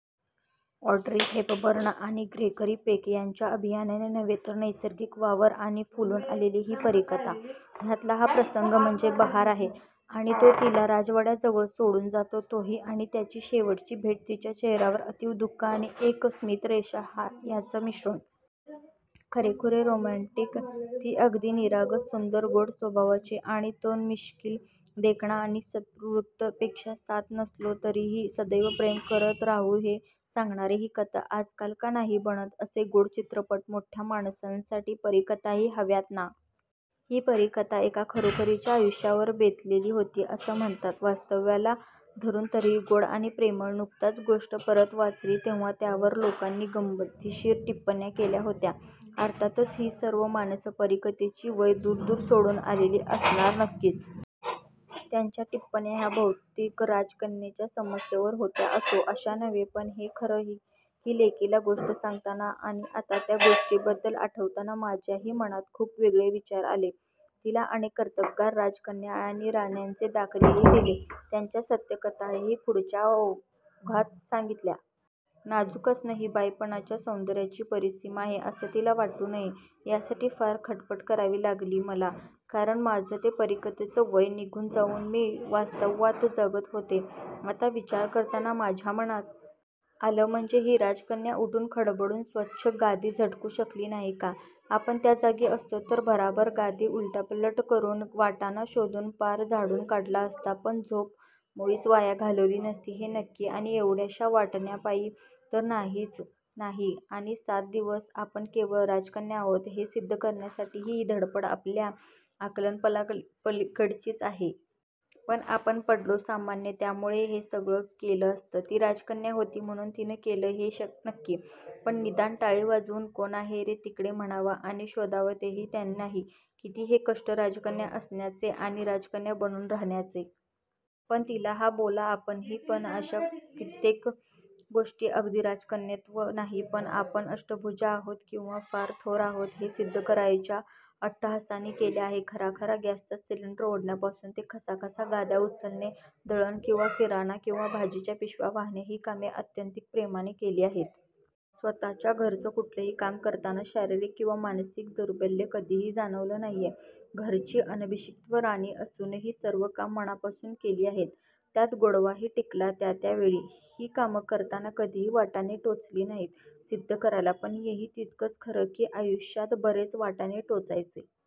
Audrey Hepburn आणि Gregory Peck ह्यांच्या अभिनयाने नव्हे तर नैसर्गिक वावर यांनी फुलून आलेली ही परीकथा. ह्यातला हा प्रसंग म्हणजे बहार आहे आणि तो तिला राजवाड्याजवळ सोडून जातो तोही आणि त्यांची शेवटची भेट तिच्या चेहऱ्यावर अतीव दुःख आणि एक स्मितरेषा ह्याचं मिश्रण! खरेखुरे रोमँटिक.. ती अगदी निरागस सुंदर, गोड स्वभावाची आणि तो मिश्किल, देखणा आणि सत्प्रवृत्त! पेक्षा, साथ नसलो तरीही सदैव प्रेम करत राहू हे सांगणारी ही कथा! आजकाल का नाही बनत असे गोड चित्रपट. मोठ्या माणसांसाठी परीकथाही हव्यात ना! ही परीकथा एका खरोखरीच्या आयुष्यावर बेतलेली होती असं म्हणतात. वास्तवाला धरुन तरीही गोड आणि प्रेमळ. नुकत्यात गोष्ट परत वाचली तेंव्हा त्यावर लोकांनी गंमतशीर टिप्पण्या केल्या होत्या. अर्थातच ही सर्व माणसं परीकथेची वयं दूर-दूर सोडून आलेली असणार नक्कीच. त्यांच्या टिप्पण्या ह्या बहुतेक राजकन्येच्या समस्येवर होत्या. असो! अशा नव्हे पण हे खरं की लेकीला गोष्ट सांगताना, आणि आता त्या गोष्टीबद्दल आठवताना माझ्याही मनात खूप वेगळे विचार आले. तिला अनेक कर्तबगार राजकन्या आणि राण्यांचे दाखलेही दिले, त्यांच्या सत्यकथाही पुढच्या ओघात सांगितल्या. नाजूक असणं ही बाईपणाच्या सौन्दर्याची परिसीमा आहे असं तिला वाटू नये, यासाठी फार खटपट करावी लागली मला. कारण माझं ते परीकथेचं वय निघून जाऊन मी वास्तवात जगत होते. आता विचार करताना माझ्या मनात आलं म्हणजे ही राजकन्या उठून खडखडून स्वच्छ गादी झटकू शकली नाही का, आपण त्या जागी असतो तर भराभर गादी उलटपालट करुन, वाटाणा शोधून पार झाडून काढला असता पण झोप मुळीच वाया घालवली नसती हे नक्की आणि एवढ्याश्या वाटाण्यापायी तर नाहीच नाही आणि सात दिवस आपण केवळ राजकन्या आहोत हे सिद्ध करण्यासाठीची ही धडपड आपल्या आकलनापलीकडेच आहे. पण आपण पडलो सामान्य त्यामुळे हे सगळं केलं असतं, ती राजकन्या होती म्हणून तिनं केलं नाही हे नक्की! पण निदान टाळी वाजवून "कोण आहे रे तिकडे म्हणावं "आणि शोधावं तेही नाही. किती हे कष्ट राजकन्या असण्याचे आणि राजकन्या बनून राहण्याचे. पण तिला का बोला आपणही पण अशा कित्येक गोष्टी अगदी राजकन्यत्व नाही पण आपण अष्टभुजा आहोत किंवा फार थोर आहोत हे सिद्ध करायच्या अट्टहासानी केल्या आहे. खराखरा गॅसचा सिलेंडर ओढण्यापासून ते खसा-खसा गाद्या उचलणे, दळण किंवा किराणा किंवा भाजीच्या पिशव्या वाहणे ही कामे आत्यंतिक प्रेमानं केली आहेत. स्वतःच्या घरचं कुठलंही काम करताना शारीरिक किंवा मानसिक दौर्बल्य कधीही जाणवलं नाहीये. घरची अनभिषिक्त राणी असूनही सर्व कामं मनापासून केली आहेत! त्यात गोडवाही टिकला त्या त्या वेळी! ही कामं करताना कधीही वाटाणे टोचले नाहीत सिद्ध करायला. पण हेही तितकंच खरं की आयुष्यात बरेच वाटाणे टोचायचे--